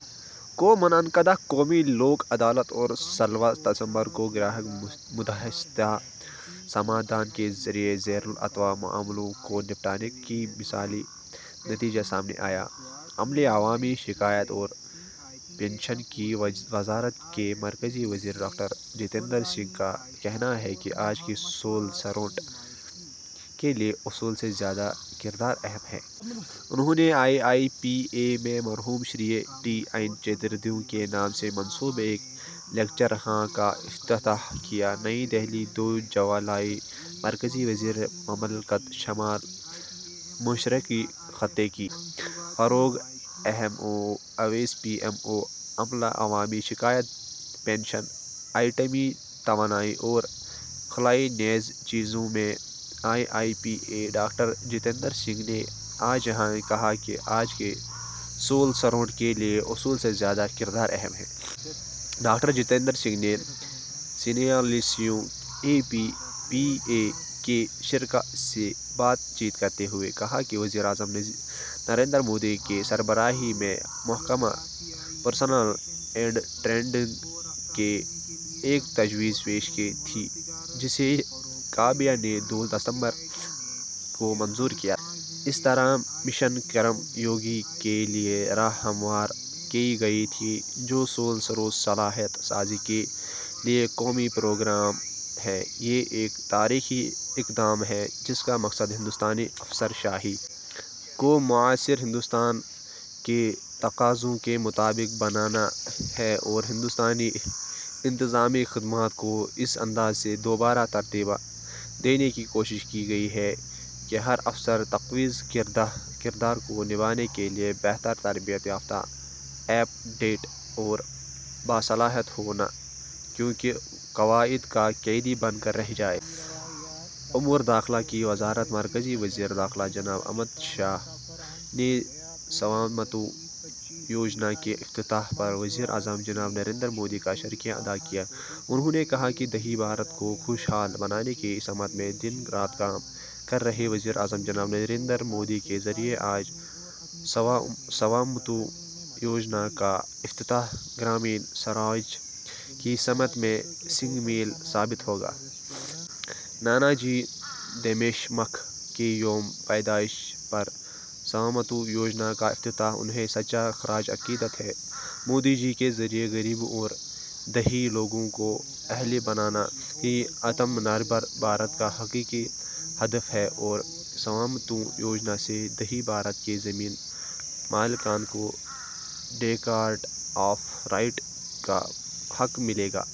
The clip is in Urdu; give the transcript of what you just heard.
کو منعقدہ قومی لوک عدالت اور سولہ دسمبر کو گراہک مدھیستھتا سمادھان کے ذریعے زیر التواء معاملوں کو نمٹانے کا مثالی نتیجہ سامنے آیا ہے۔ عملے، عوامی شکایات اور پنشن کی وزارت کے مرکزی وزیر ڈاکٹر جتیندر سنگھ کا کہنا ہے کہ آج کے سول سرونٹ کے لیے اصول سے زیادہ کردار اہم ہے۔ انہوں نے آئی آئی پی اے میں مرحوم شری ٹی این چترویدی کے نام سے منسوب ایک لیکچر ہال کا افتتاح کیا۔ نئی دہلی، دو جولائی۔ مرکزی وزیر مملکت شمال مشرقی خطے کی فروغ، M O S P M O, عملہ، عوامی شکایات، پنشن، ایٹمی توانائی اور خلائی نیز chairman I I P A, doctor Jitendra Singh نے آج یہاں کہا کہ آج کے سول سرونٹ کے لیے اصول سے زیادہ کردار اہم ہے۔ ڈاکٹر جتیندر سنگھ نے سینتالیسویں اے پی پی پی اے کے شرکاء سے بات چیت کرتے ہوئے کہا کہ وزیر اعظم نریندر مودی کی سربراہی میں محکمہ پرسنل اینڈ ٹریننگ نے ایک تجویز پیش کی تھی جسے کابینہ نے دو ستمبر کو منظور کیا تھا۔ اس طرح مشن کرم یوگی کے لیے راہ ہموار کی گئی تھی، جو سول سروس صلاحیت سازی کے لیے قومی پروگرام ہے۔ یہ ایک تاریخی اقدام ہے جس کا مقصد ہندوستانی افسر شاہی کو معاصر ہندوستان کی تقاضوں کے مطابق بنانا ہے اور ہندوستانی انتظامی خدمات کو اس انداز سے دوبارہ ترتیب دینے کی کوشش کی گئی ہے کہ ہر افسر تفویض کردہ کردار کو نبھانے کے لیے بہتر، تربیت یافتہ، اپ ڈیٹ اور باصلاحیت ہو، نہ کہ وہ قواعد کا قیدی بن کر رہ جائے۔ امور داخلہ کی وزارت۔ مرکزی وزیر داخلہ جناب امت شاہ نے سوامتو یوجنا کے افتتاح پر وزیر اعظم جناب نریندر مودی کا شکریہ ادا کیا۔ انہوں نے کہا کہ دیہی بھارت کو خوش حال بنانے کی سمت میں دن رات کام کر رہے وزیر اعظم جناب نریندر مودی کے ذریعے آج سوامتو یوجنا کا افتتاح گرامین سوراج کی سمت میں سنگ میل ثابت ہوگا۔ نانا جی دیشمکھ کے یوم پیدائش پر سوامتو یوجنا کا افتتاح انہیں سچا خراج عقیدت ہے۔ مودی جی کے ذریعے غریبوں اور دیہی لوگوں کو اہل بنانا ہی آتم نربھر بھارت کا حقیقی ہدف ہے اور سوامتو یوجنا سے دیہی بھارت کے زمین مالکان کو ریکارڈ آف رائٹ کا حق ملے گا۔